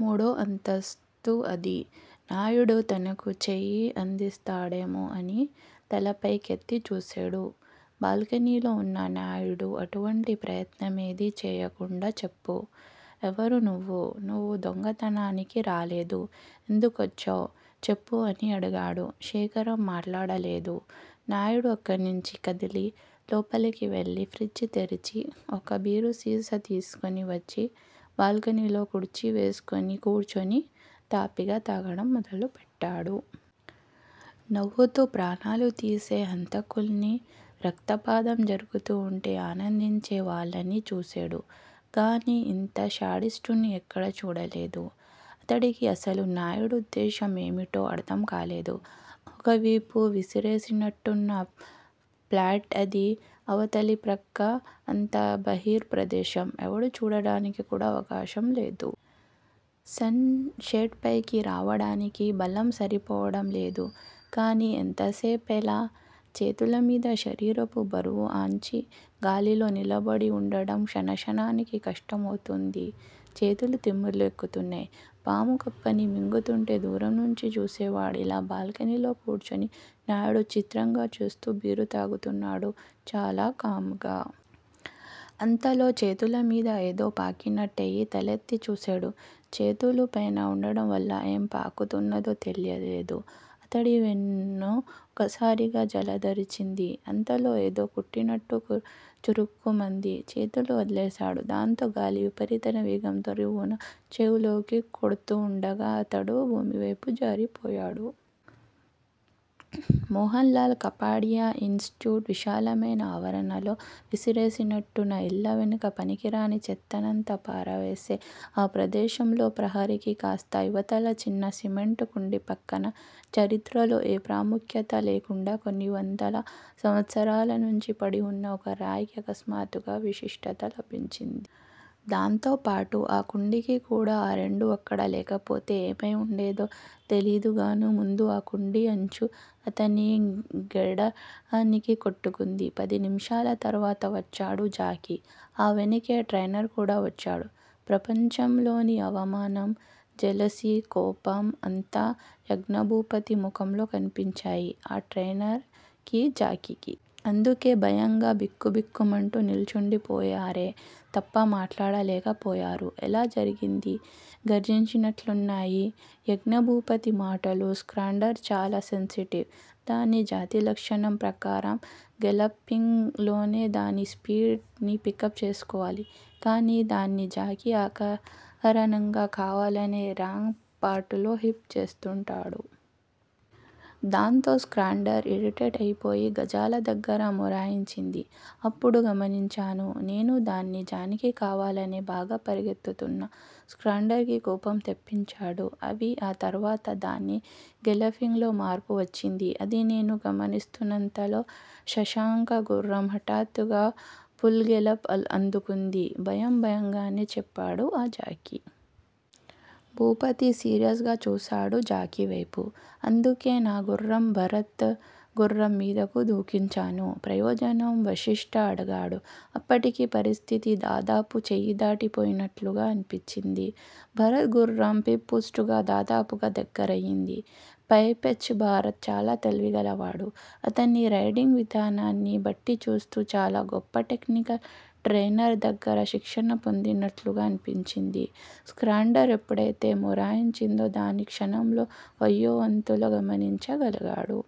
మూడో అంతస్తు అది. నాయుడు తనకి చెయ్యి అందిస్తాడేమో అని తలపైకెత్తి చూసేడు. బాల్కనీలో వున్న నాయుడు అటువంటి ప్రయత్నమేదీ చెయ్యకుండా చెప్పు, ఎవరు నువ్వు? నువ్వు దొంగతనానికి రాలేదు. ఎందుకొచ్చావ్? చెప్పు అని అడిగాడు. శేఖరం మట్లాడలేదు. నాయుడు అక్కణ్నించి కదిలి లోపలికి వెళ్ళి ఫ్రిజ్ తెరిచి ఒక బీరుసీసా తీసుకుని వచ్చి బాల్కనీలో కుర్చీ వేసుకుని కూర్చుని తాపీగా తాగటం మొదలుపెట్టాడు. నవ్వుతూ ప్రాణాలుతీసే హంతకుల్నీ, రక్తపాతం జరుగుతూ వుంటే ఆనందించే వాళ్ళనీ చూసేడు గానీ ఇంత శాడిస్టుని ఎక్కడా చూడలేదు. అతడికి అసలు నాయుడు ఉద్దేశ్యం ఏమిటో అర్థం కాలేదు. ఒకవిపు విసిరేసినట్టున్న ప్లాట్ అది. అవతలి ప్రక్క అంతా బహిర్ ప్రదేశం. ఎవడూ చూడటానికి కూడా అవకాశం లేదు. సన్- షేడ్ పైకి రావటానికి బలం సరిపోవటం లేదు. కానీ ఎంతసేపలా? చేతులమీద శరీరపు బరువు ఆన్చి, గాలిలో నిలబడి వుండడం క్షణక్షణానికి కష్టం అవుతూంది. చేతులు తిమ్మిర్లు ఎక్కుతున్నాయి. పాము కప్పని మింగుతూంటే దూరం నుంచి చూసేవాడిలా బాల్కనీలో కూర్చుని నాయుడు చిత్రంగా చూస్తూ బీరు తాగుతున్నాడు- చాలా కామ్ గా. అంతలో చేతులమీద ఏదో పాకినట్టయి తలెత్తి చూసేడు. చేతులు పైన వుండటం వల్ల ఏం పాకుతున్నదో తెలియలేదు. అతడి వెన్ను ఒక్కసారిగా జలదరించింది. అంతలో ఏదో కుట్టినట్టు చురుక్కుమంది. చేతులు వదిలేసాడు. దాంతో గాలి విపరీతమైన వేగంతో రివ్వున చెవుల్లోకి కొడ్తూవుండగా అతడు భూమివైపు జారిపోయాడు. మోహన్ లాల్ కపాడియా ఇన్ స్టిట్యూట్ విశాలమైన ఆవరణలో విసిరేసినట్టున్న ఇళ్ళ వెనుక పనికిరాని చెత్తనంతా పారవేసే ఆ ప్రదేశంలో ప్రహరీకి కాస్త ఇవతల చిన్న సిమెంట్ కుండీపక్కన, చరిత్రలో ఏ ప్రాముఖ్యత లేకుండా కొన్ని వందల సంవత్సరాలనుంచీ పడివున్న ఒక రాయికి అకస్మాత్తుగా విశిష్టత లభించింది. దాంతోపాటూ అ కుండీకి కూడా. ఆ రెండూ అక్కడ లేకపోతే ఏమై వుండేదో తెలీదుగానీ, ముందు ఆ కుండీ అంచు అతని గెడ్డానికి కొట్టుకుంది. పది నిమిషాల తరువాత వచ్చాడు జాకీ. ఆ వెనుకే ట్రైనర్ కూడా వచ్చాడు. ప్రపంచంలోని అవమానం, జెలసీ, కోపం అంతా యజ్ఞభూపతి ముఖంలో కనిపించాయి ఆ ట్రైనర్ కి, జాకీకి. అందుకే భయంగా బిక్కుబిక్కుమంటూ నిల్చుండిపోయారే తప్ప మాట్లాడలేకపోయారు. ఎలా జరిగింది? గర్జించినట్లున్నాయి యజ్ఞభూపతి మాటలు. స్కాండ్రర్ చాల సెన్సిటివ్. దాని జాతిలక్షణం ప్రకారం గెలప్పింగ్ లోనే దాని స్పీడ్ ని పికప్ చేసుకోవాలి. కాని దాన్ని జాకీ అకారణంగా కావాలనే రాంగ్ పార్టులో హిప్ చేసుంటాడు. దాంతో స్కాండ్రర్ ఇరిటేట్ అయిపోయి గజాల దగ్గర మొరాయించింది. అప్పుడు గమనించాను నేను-దాన్ని జాకీ కావాలనే బాగా పరిగెత్తుతున్న స్కాండ్రర్ కి కోపం తెప్పించాడు అవి, ఆ తరువాత దాని గేలప్పింగ్ లో మార్పు వచ్చింది. అది నేను గమనిస్తున్నంతలో శశాంక గుర్రం హఠాత్తుగా పుల్ గేలప్ అందుకుంది భయం భయంగానే చెప్పాడు ఆ జాకీ. భూపతి సీరియస్ గా చూసాడు జాకీవేపు. అందుకే నా గుర్రాన్ని భరత్ గుర్రం మీదకు దూకించాను. ప్రయోజనం వశిష్ట అడిగాడు. అప్పటికి పరిస్థితి దాదాపు చేయిదాటిపోయినట్లుగా అనిపించింది. భరత్ గుర్రం పిప్ పోస్టుకి దాదాపుగా దగ్గరయింది. పై పెచ్చు భరత్ చాలా తెలివిగలవాడు. అతని రైడింగ్ విధానాన్ని బట్టిచూస్తే చాలా గొప్ప టెక్నికల్ ట్రైనర్ దగ్గర శిక్షణ పొందినట్లుగా అనిపించింది. స్కాండ్రర్ ఎప్పుడైతే మొరాయించిందో దాన్ని క్షణంలో వెయ్యోవంతులో గమనించ గలిగాడు.